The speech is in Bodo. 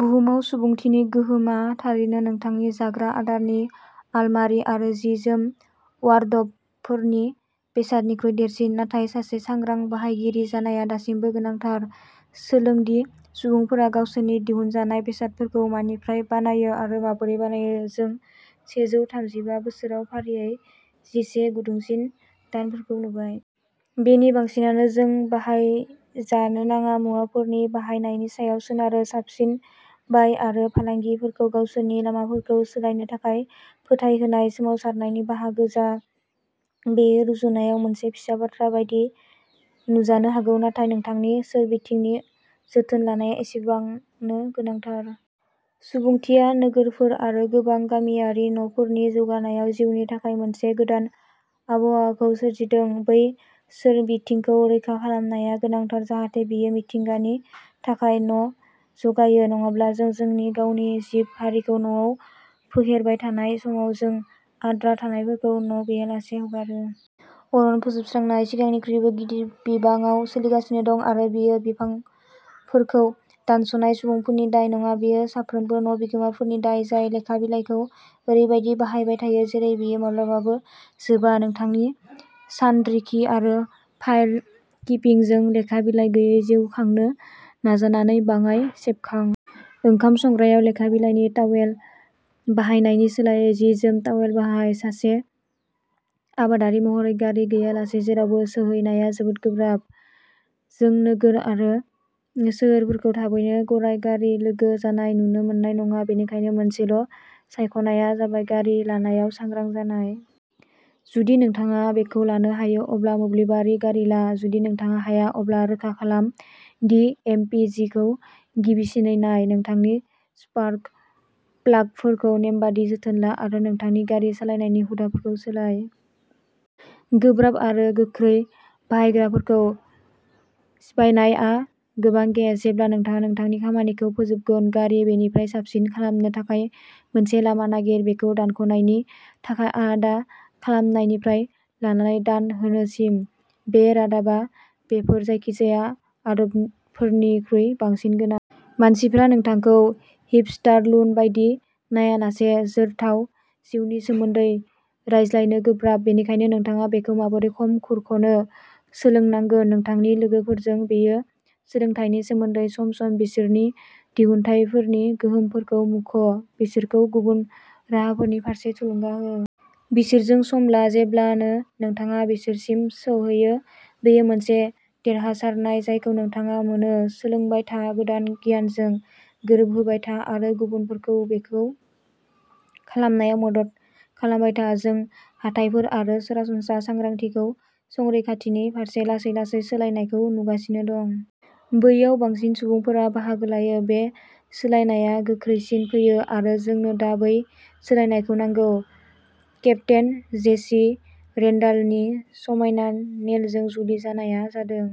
बुहुमाव सुबुंथिनि गोहोमआ थारैनो नोंथांनि जाग्रा आदारनि आलमारि आरो जि-जोम वार्ड्रबफोरनि बेसादनिख्रुइ देरसिन। नाथाय सासे सांग्रां बाहायगिरि जानाया दासिमबो गोनांथार। सोलों दि सुबुंफोरा गावसोरनि दिहुनजानाय बेसादफोरखौ मानिफ्राय बानायो आरो माबोरै बानायो। जों सेजौ थामजिबा बोसोराव फारियै जिसे गुदुंसिन दानफोरखौ नुबाय। बेनि बांसिनानो जों बाहायजानो नाङा मुवाफोरनि बाहायनायनि सायाव सोनारो। साबसिन बाय आरो फालांगिफोरखौ गावसोरनि लामाफोरखौ सोलायनो थाखाय फोथायहोनाय सोमावसारनायनि बाहागो जा। बेयो रुजुनायाव मोनसे फिसा बाथ्रा बायदि नुजानो हागौ, नाथाय नोंथांनि सोरबिथिंनि जोथोन लानाया एसेबांनो गोनांथार। सुबुंथिया नोगोरफोर आरो गोबां गामियारि न'फोरनि जौगानायाव जिउनि थाखाय मोनसे गोदान आबहावाखौ सोरजिदों। बै सोरबिथिंखौ रैखा खालामनाया गोनांथार जाहाथे बेयो मिथिंगानि थाखाय न' जगायो। नङाब्ला, जों जोंनि गावनि जिब-हारिखौ न'आव फेहेरबाय थानाय समाव, जों आद्रा थानायफोरखौ न' गैयालासे हगारो। अरन फोजोबस्रांनाय। सिगांनिख्रुइबो गिदिर बिबाङाव सोलिगासिनो दं आरो बेयो बिफांफोरखौ दानस'नाय सुबुंफोरनि दाय नङा। बेयो साफ्रोमबो न'बिगोमाफोरनि दाय जाय लेखा बिलाइखौ ओरैबायदि बाहायबाय थायो जेरै बेयो माब्लाबाबो जोबा। नोंथांनि सानरिखि आरो फाइल-किपिंजों लेखा बिलाइ गैयै जिउ खांनो नाजानानै बाङाय सेबखां। ओंखाम संग्रायाव लेखा बिलाइनि तावेल बाहायनायनि सोलायै, जि-जोम तावेल बाहाय। सासे आबादारि महरै, गारि गैयालासे जेरावबो सौहैनाया जोबोद गोब्राब। जों नोगोर आरो सोहोरफोरखौ थाबैनो गराय-गारि लोगो जानाय नुनो मोननाय नङा। बेनिखायनो मोनसेल' सायख'नायआ जाबाय गारि लानायाव सांग्रां जानाय। जुदि नोंथाङा बेखौ लानो हायो, अब्ला मोब्लिबारि गारि ला। जुदि नोंथाङा हाया, अब्ला रोखा खालाम दि एम पि जि खौ गिबिसिनै नाय। नोंथांनि स्पार्क प्लागफोरखौ नेमबादि जोथोन ला आरो नोंथांनि गारि सालायनायनि हुदाफोरखौ सोलाय। गोब्राब आरो गोख्रै बाहायग्राफोरखौ सिफायनायआ गोबां गेस। जेब्ला नोंथाङा नोंथांनि खामानिखौ फोजोबगोन। गारि, बेनिफ्राय साबसिन खालामनो थाखाय मोनसे लामा नागिर। बेखौ दानख'नायनि थाखाय आलादा खालामनायनिफ्राय लानानै दान होनोसिम। बे रादाबा बेफोर जायखिजाया आदबफोरनिख्रुइ बांसिन गोनां। मानसिफ्रा नोंथांखौ हिपस्टार लुन बायदि नायालासे जोरथाव जिउनि सोमोन्दै रायज्लायनो गोब्राब। बेनिखायनो नोंथाङा बेखौ माबोरै खम खुरख'नो सोलोंनांगोन। नोंथांनि लोगोफोरजों, बेयो सोलोंथायनि सोमोन्दै। सम-सम बिसोरनि दिहुनथायफोरनि गोहोमफोरखौ मुंख'। बिसोरखौ गुबुन राहाफोरनि फारसे थुलुंगा हो। बिसोरजों सम ला। जेब्लानो नोंथाङा बिसोरसिम सौहैयो, बेयो मोनसे देरहासारनाय जायखौ नोंथाङा मोनो। सोलोंबाय था, गोदान गियानजों गोरोबहोबाय था आरो गुबुनफोरखौ बेखौ खालामनायाव मदद खालामबाय था। जों हाथाइफोर आरो सरासनस्रा सांग्रांथिखौ संरैखाथिनि फारसे लासै-लासै सोलायनायखौ नुगासिनो दं। बैयाव बांसिन सुबुंफोरा बाहागो लायो, बे सोलायनायआ गोख्रैसिन फैयो। आरो जोंनो दा बै सोलायनायखौ नांगौ। केप्टेन जेसि रेन्डालनि समायना नेलजों जुलि जानाया जादों।